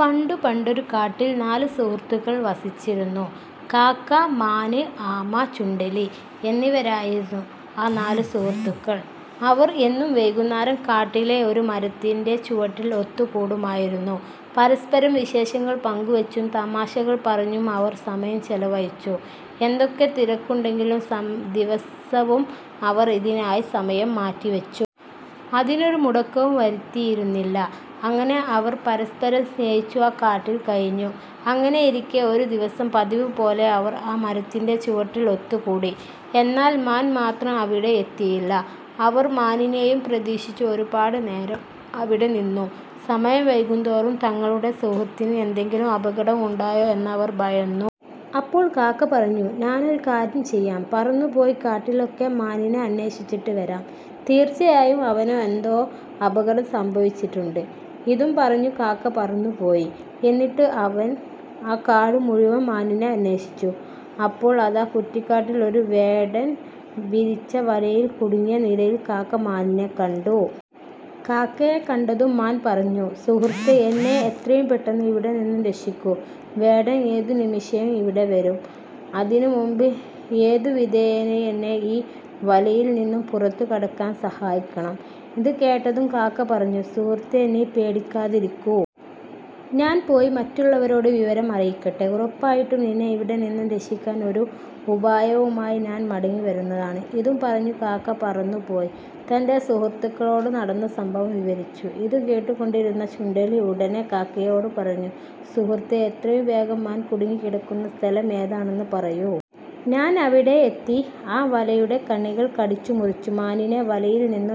പണ്ടു പണ്ടൊരു കാട്ടിൽ നാല് സുഹൃത്തുക്കൾ വസിച്ചിരുന്നു. കാക്ക, മാൻ, ആമ, ചുണ്ടെലി എന്നിവരായിരുന്നു ആ നാല് സുഹൃത്തുക്കൾ. അവർ എന്നും വൈകുന്നേരം കാട്ടിലെ ഒരു മരത്തിന്റെ ചുവട്ടിൽ ഒത്തു കൂടുമായിരുന്നു. പരസ്പരം വിശേഷങ്ങൾ പങ്കുവച്ചും തമാശകൾ പറഞ്ഞും അവർ സമയം ചിലവഴിച്ചു. എന്തൊക്കെ തിരക്കുണ്ടെങ്കിലും ദിവസവും അവർ ഇതിനായി സമയം മാറ്റിവച്ചു. അതിനൊരു മുടക്കവും വരുത്തിയിരുന്നില്ല. അങ്ങനെ അവർ പരസ്പരം സ്നേഹിച്ചു ആ കാട്ടിൽ കഴിഞ്ഞു. അങ്ങനെയിരിക്കെ ഒരു ദിവസം പതിവു പോലെ അവർ ആ മരത്തിന്റെ ചുവട്ടിൽ ഒത്തുകൂടി. എന്നാൽ മാൻ മാത്രം അവിടെ എത്തിയില്ല. അവർ മാനിനെയും പ്രതീക്ഷിച്ചു ഒരുപാട് നേരം അവിടെ നിന്നു. സമയം വൈകുന്തോറും തങ്ങളുടെ സുഹൃത്തിന് എന്തെകിലും അപകടം ഉണ്ടായോ എന്നവർ ഭയന്നു. അപ്പോൾ കാക്ക പറഞ്ഞു "ഞാനൊരു കാര്യം ചെയ്യാം, പറന്നു പോയി കാട്ടിലൊക്കെ മാനിനെ അന്വേഷിച്ചിട്ട് വരാം. തീർച്ചയായും അവനു എന്തോ അപകടം സംഭവിച്ചിട്ടുണ്ട്. " ഇതും പറഞ്ഞു കാക്ക പറന്നു പോയി. എന്നിട്ട് അവൻ ആ കാടു മുഴുവൻ മാനിനെ അന്വേഷിച്ചു. അപ്പോൾ അതാ കുറ്റിക്കാട്ടിൽ ഒരു വേടൻ വിരിച്ച വലയിൽ കുടുങ്ങിയ നിലയിൽ കാക്ക മാനിനെ കണ്ടു. കാക്കയെ കണ്ടതും മാൻ പറഞ്ഞു "സുഹൃത്തേ, എന്നെ എത്രയും പെട്ടന്ന് ഇവിടെ നിന്നു രക്ഷിക്കൂ. വേടൻ ഏതു നിമിഷവും ഇവിടെ വരാം. അതിനു മുൻപ് ഏതു വിധേനയും എന്നെ ഈ വലയിൽ നിന്നു പുറത്തു കടക്കാൻ സഹായിക്കണം. " ഇതു കേട്ടതും കാക്ക പറഞ്ഞു. "സുഹൃത്തേ, നീ പേടിക്കാതിരിക്കൂ. ഞാൻ പോയി മറ്റുള്ളവരോട് വിവരം അറിയിക്കട്ടെ. ഉറപ്പായിട്ടും നിന്നെ ഇവിടെ നിന്നു രക്ഷിക്കാൻ ഒരു ഉപായവുമായി ഞാൻ മടങ്ങി വരുന്നതാണ്. " ഇതും പറഞ്ഞു കാക്ക പറന്നു പോയി തന്റെ സുഹൃത്തുക്കളോട് നടന്ന സംഭവം വിവരിച്ചു. ഇതു കേട്ടു കൊണ്ടിരുന്ന ചുണ്ടെലി ഉടനെ കാക്കയോട് പറഞ്ഞു "സുഹൃത്തേ, എത്രയും വേഗം മാൻ കുടുങ്ങി കിടക്കുന്ന സ്ഥലം ഏതാണെന്ന് പറയൂ. ഞാൻ അവിടെ എത്തി ആ വലയുടെ കണ്ണികൾ കടിച്ചു മുറിച്ചു മാനിനെ വലയിൽ നിന്ന്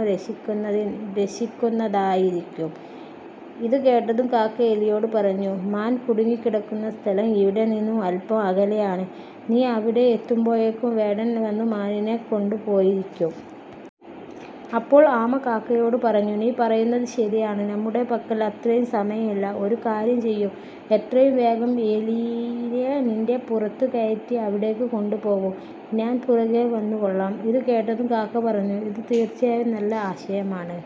രക്ഷിക്കുന്നതായിരിക്കും. " ഇതു കേട്ടതും കാക്ക എലിയോട് പറഞ്ഞു "മാൻ കുടുങ്ങി കിടക്കുന്ന സ്ഥലം ഇവിടെ നിന്നും അല്പം അകലെയാണ്. നീ അവിടെ എത്തുമ്പോഴേക്കും വേടൻ വന്നു മാനിനെ കൊണ്ടു പോയിരിക്കും. " അപ്പോൾ ആമ കാക്കയോട് പറഞ്ഞു "നീ പറയുന്നത് ശരിയാണ് നമ്മുടെ പക്കൽ അത്രയും സമയം ഇല്ല. ഒരു കാര്യം ചെയ്യൂ, എത്രയും വേഗം എലിയെ നിന്റെ പുറത്തു കയറ്റി അവിടേക്ക് കൊണ്ടു പോകൂ. ഞാൻ പുറകേ വന്നു കൊള്ളാം. " ഇതു കേട്ടതും കാക്ക പറഞ്ഞു "ഇതു തീർച്ചയായും നല്ല ആശയമാണ്.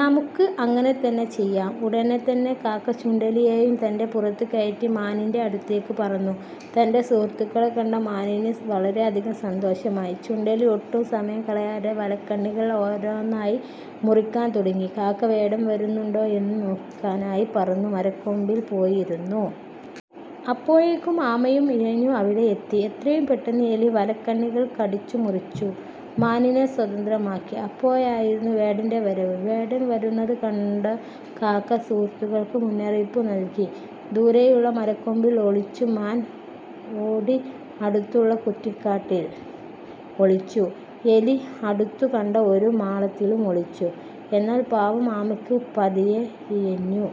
നമുക്ക് അങ്ങനെ തന്നെ ചെയ്യാം. " ഉടൻ തന്നെ കാക്ക ചുണ്ടെലിയെയും തന്റെ പുറത്തു കയറ്റി മാനിന്റെ അടുത്തേക്ക് പറന്നു. തന്റെ സുഹൃത്തുക്കളെ കണ്ട മാനിന് വളരെയധികം സന്തോഷമായി. ചുണ്ടെലി ഒട്ടും സമയം കളയാതെ വലക്കണ്ണികൾ ഓരോന്നായി മുറിക്കാൻ തുടങ്ങി. കാക്ക വേടൻ വരുന്നുണ്ടോ എന്നു നോക്കാനായി പറന്നു മരക്കൊമ്പിൽ പോയി ഇരുന്നു. അപ്പോഴേക്കും ആമയും ഇഴഞ്ഞു അവിടെ എത്തി. എത്രയും പെട്ടന്ന് എലി വലക്കണ്ണികൾ കടിച്ചു മുറിച്ചു മാനിനെ സ്വതന്ത്രമാക്കി. അപ്പോഴായിരുന്നു വേടന്റെ വരവ്. വേടൻ വരുന്നത് കണ്ട കാക്ക സുഹൃത്തുക്കൾക്ക് മുന്നറിയിപ്പും നൽകി ദൂരെയുള്ള മരക്കൊമ്പിൽ ഒളിച്ചു. മാൻ ഓടി അടുത്തുള്ള കുറ്റിക്കാട്ടിൽ ഒളിച്ചു. എലി അടുത്തു കണ്ട ഒരു മാളത്തിലും ഒളിച്ചു. എന്നാൽ പാവം ആമയ്ക്ക് പതിയെ ഇഴഞ്ഞു